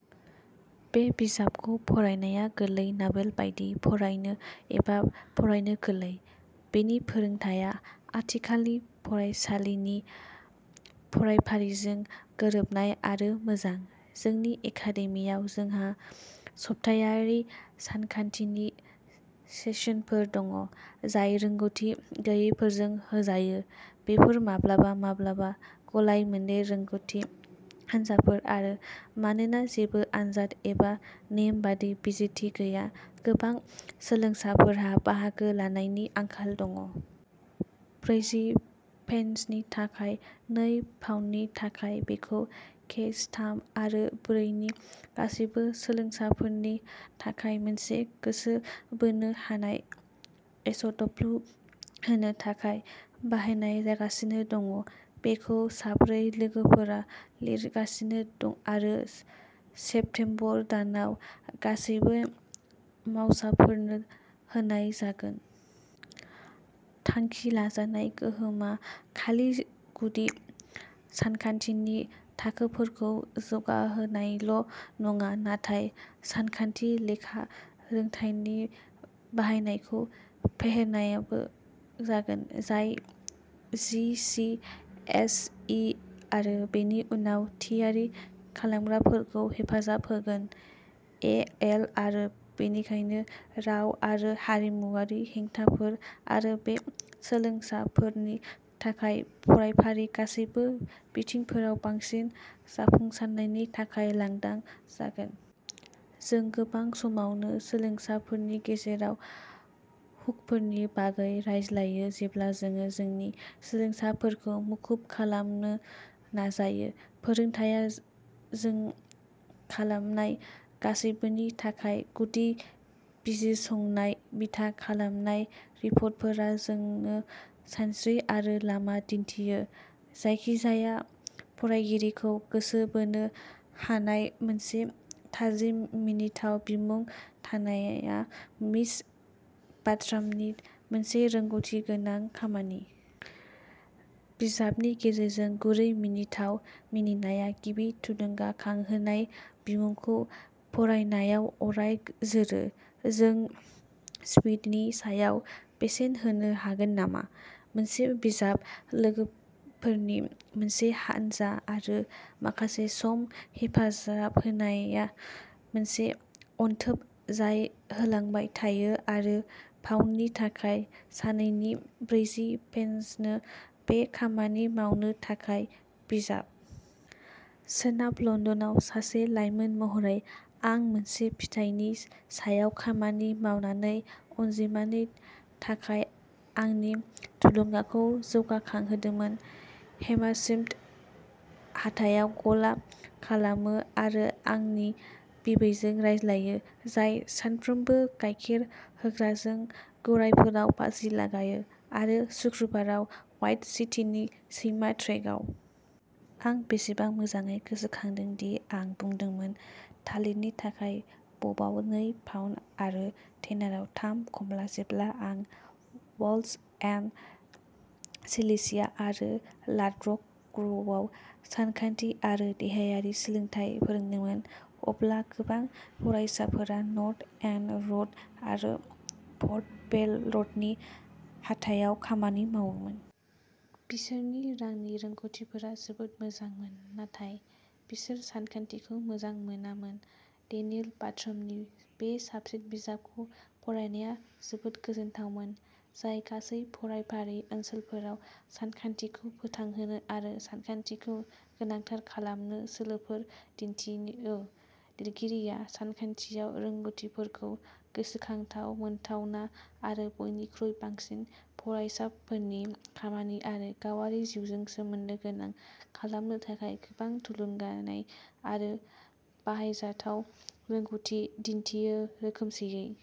बे बिजाबखौ फरायनाया गोरलै नावेल बायदि फरायनो एबा फरायनो गोरलै। बेनि फोरोंथाया आथिखालनि फरायसालिनि फरायफारिजों गोरोबनाय आरो मोजां। जोंनि एकादेमिआव जोंहा सप्तायारि सानखान्थिनि सेसनफोर दं, जाय रोंग'थि गैयैफोरजों होजायो। बेफोर माब्लाबा-माब्लाबा गलाय-मोनदेर रोंग'थि हानजाफोर आरो मानोना जेबो आनजाद एबा नेमबादि बिजिरथि गैया, गोबां सोलोंसाफोरहा बाहागो लानायनि आंखाल दं। ब्रैजि पेन्सनि थाखाय नै पाउन्दनि थाखाय बेखौ केएस थाम आरो ब्रै नि गासैबो सोलोंसाफोरनि थाखाय मोनसे गोसो बोनो हानाय एसअ'डब्ल्यू होनो थाखाय बाहायनाय जागासिनो दं। बेखौ साब्रै लोगोफोरा लिरगासिनो आरो सेप्तेम्बर दानाव गासैबो मावसाफोरनो होनाय जागोन। थांखि लाजानाय गोहोमा खालि गुदि सानखान्थिनि थाखोफोरखौ जौगाहोनायल' नङा, नाथाय सानखान्थिनि लेखा रोंथायनि बाहायनायखौ फेहेरनायबो जागोन, जाय जि सि एस इ आरो बेनि उनाव थियारि खालामग्राफोरखौ हेफाजाब होगोन। ए एल आरो बेनिखायनो राव आरो हारिमुआरि हेंथाफोर आरो बे सोलोंसाफोरनि थाखाय फरायफारिनि गासैबो बिथिंफोराव बांसिन जाफुंसारनायनि थाखाय लांदां जागोन। जों गोबां समावनो सोलोंसाफोरनि गेजेराव हुकफोरनि बागै रायज्लायो जेब्ला जों जोंनि सोलोंसाफोरखौ मुखुब खालामनो नाजायो फोरोंथाया जों खालामनाय गासैबोनि थाखाय गुदि-बिजिरसंनाय बिथा खालामनाय रिपर्टफोरा जोंनो सानस्रि आरो लामा दिन्थियो। जायखिजाया फरायगिरिखौ गोसो बोनो हानाय मोनसे थाजिम मिनिथाव बिमुं थानाया मिस बार्ट्रामनि मोनसे रोंग'थिगोनां खामानि। बिजाबनि गेजेरजों गुरै मिनिथाव मिनिनाया गिबि थुलुंगाखांहोनाय बिमुंखौ फरायनायाव अराय जोरो। जों सिपिडिनि सायाव बेसेन होनो हागोन नामा? मोनसे बिजाब-लोगोफोरनि मोनसे हानजा आरो माखासे सम हेफाजाब होनाया मोनसे अनथोब जाय होलांबाय थायो आरो पाउन्दनि थाखाय सानैनि ब्रैजि पेन्सानो बे खामानि मावनो थाखाय बिजाब। सोनाब लन्दनआव सासे लाइमोन महरै, आं मोनसे फिथाइनि सायाव खामानि मावनानै अनजिमानि थाखाय आंनि थुलुंगाखौ जौगाहोदोंमोन। हेमारस्मिथ हाथायाव गला खालामो आरो आंनि बिबैजों रायज्लायो, जाय सानफ्रोमबो गायखेर होग्राजों गरायफोराव बाजि लागायो, आरो शुक्रबाराव व्हाइट सिटीनि सैमा ट्रेकआव। आं बेसेबां मोजाङै गोसोखांदों दि आं बुंदोंमोन थालिरनि थाखाय बबआव नै पाउन्द आरो टेनाराव थाम खमला जेब्ला आं वर्ल्ड्स एन्ड चेल्सिया आरो लाडब्रक ग्र'वआव सानखान्थि आरो देहायारि सोलोंथाय फोरोंदोंमोन, अब्ला गोबां फरायसाफोरा नर्थ एन्ड र'ड आरो पर्ट'बेल'र'डनि हाथायाव खामानि मावोमोन। बिसोरनि रांनि रोंग'थिफोरा जोबोद मोजांमोन, नाथाय, बिसोर सानखान्थिखौ मोजां मोनामोन डेनियेल बार्ट्रामनि बे साबसिन बिजाबखौ फरायनाया जोबोद गोजोनथावमोन, जाय गासै फरायफारि ओनसोलफोराव सानखान्थिखौ फोथांहोनो आरो सानखान्थिखौ गोनांथार खालामनो सोलोफोर दिन्थियो। लिरगिरिया सानखान्थियाव रोंग'थिफोरखौ गोसोखांथाव, मोनथावना आरो बयनिख्रुइ बांसिन फरायसाफोरनि खामानि आरो गावारि जिउजों सोमोन्दो गोनां खालामनो थाखाय गोबां थुलुंगानाय आरो बाहायजाथाव रोंग'थि दिन्थियो रोखोमसेयै।